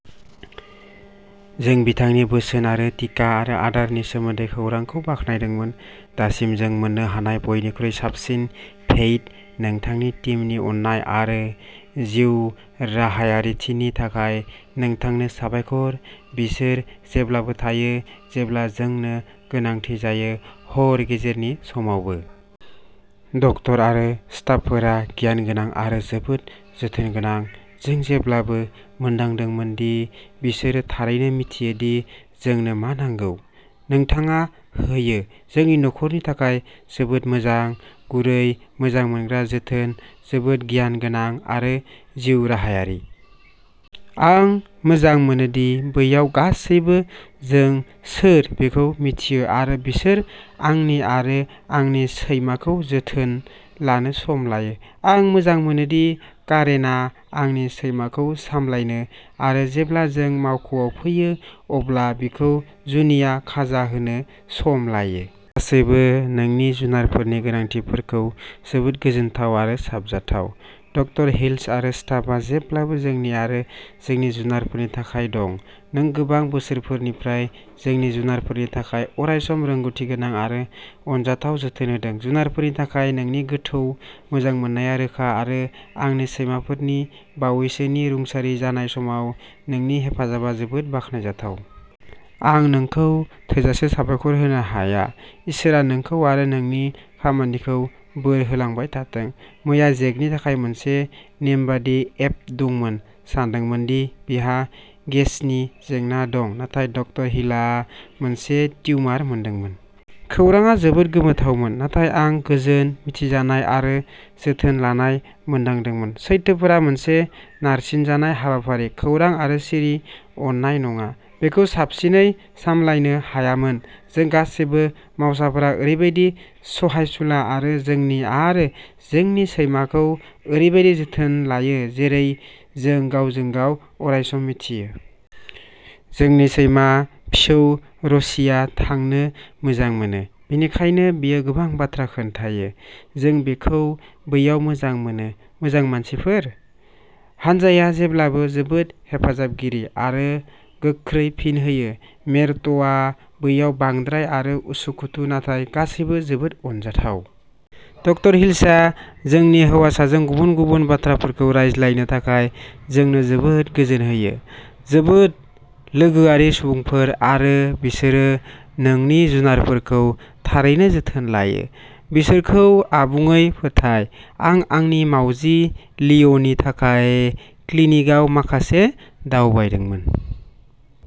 जों बिथांनि बोसोन आरो टिका आरो आदारनि सोमोन्दै खौरांखौ बाख्नायदोंमोन। दासिम जों मोन्नो हानाय बयनिख्रुइ साबसिन भेइट, नोंथांनि टीमनि अननाय आरो जिउराहायारिथिनि थाखाय नोंथांनो साबायखर। बिसोर जेब्लाबो थायो जेब्ला जोंनो गोनांथि जायो। हर गेजेरनि समावबो। ड. आरो स्टाफफोरा गियान गोनां आरो जोबोद जोथोन गोनां। जों जेब्लाबो मोनदांदोंमोन दि बिसोरो थारैनो मिथियो दि जोंनो मा नांगौ। नोंथाङा होयो। जोंनि नखरनि थाखाय जोबोद मोजां, गुरै, मोजां मोनग्रा जोथोन। जोबोद गियान गोनां आरो जिउराहायारि। आं मोजां मोनो दि बैयाव गासैबो जों सोर बेखौ मिथियो आरो बिसोर आंनि आरो आंनि सैमाखौ जोथोन लानो सम लायो। आं मोजां मोनो दि कारेनआ आंनि सैमाखौ हामलायनो आरो जेब्ला जों मावख'आव फैयो अब्ला बिखौ जुनिया खाजा होनो सम लायो। गासैबो नोंनि जुनारफोरनि गोनांथिफोरखौ जोबोद गोजोनथाव आरो साबजाथाव! ड. हिल्स आरो स्टाफआ जेब्लाबो जोंनि आरो जोंनि जुनारफोरनि थाखाय दं। नों गोबां बोसोरफोरनिफ्राय जोंनि जुनारफोरनि थाखाय अरायसम रोंग'थिगोनां आरो अनजाथाव जोथोन होदों। जुनारफोरनि थाखाय नोंनि गोथौ मोजां मोननाया रोखा आरो आंनि सैमाफोरनि बावैसोनि रुंसारि जानाय समाव नोंनि हेफाजाबआ जोबोद बाखनायजाथाव। आं नोंखौ थोजासे साबायखर होनो हाया। इसोरआ नोंखौ आरो नोंनि खामानिखौ बोर होलांबाय थाथों। मैया जेकनि थाखाय मोनसे नेमबादि एप्ट दंमोन। सानदोंमोन दि बिहा गेसनि जेंना दं नाथाय ड. हिलआ मोनसे टिउमार मोनदोंमोन। खौरांआ जोबोद गोमोथावमोन, नाथाय आं गोजोन, मिथिजानाय आरो जोथोन लानाय मोनदांदोंमोन। सैथोफोरा मोनसे नारसिनजानाय हाबाफारि, खौरां आरो सिरि अननाय नङा। बेखौ साबसिनै सामलायनो हायामोन। जों गासैबो मावसाफोरा ओरैबायदि सहायसुला आरो जोंनि आरो जोंनि सैमाखौ ओरैबायदि जोथोन लायो जेरै जों गावजों-गाव अरायसम मिथियो। जोंनि सैमा फिसौ र'सीआ थांनो मोजां मोनो, बेनिखायनो बेयो गोबां बाथ्रा खोन्थायो! जों बेखौ बैयाव मोजां मोनो! मोजां मानसिफोर!?? हानजाया जेब्लाबो जोबोद हेफाजाबगिरि आरो गोख्रै फिन होयो। मेरट'आ बैयाव बांद्राय आरो उसुखुथु नाथाय गासैबो जोबोद अनजाथाव। ड. हिल्सआ जोंनि हौवासाजों गुबुन-गुबुन बाथ्राफोरखौ रायज्लायनो थाखाय जोंनो जोबोद गोजोन होयो। जोबोद लोगोआरि सुबुंफोर आरो बिसोरो नोंनि जुनारफोरखौ थारैनो जोथोन लायो। बिसोरखौ आबुङै फोथाय। आं आंनि मावजि लिअ'नि थाखाय क्लिनिकआव माखासे दावबायदोंमोन।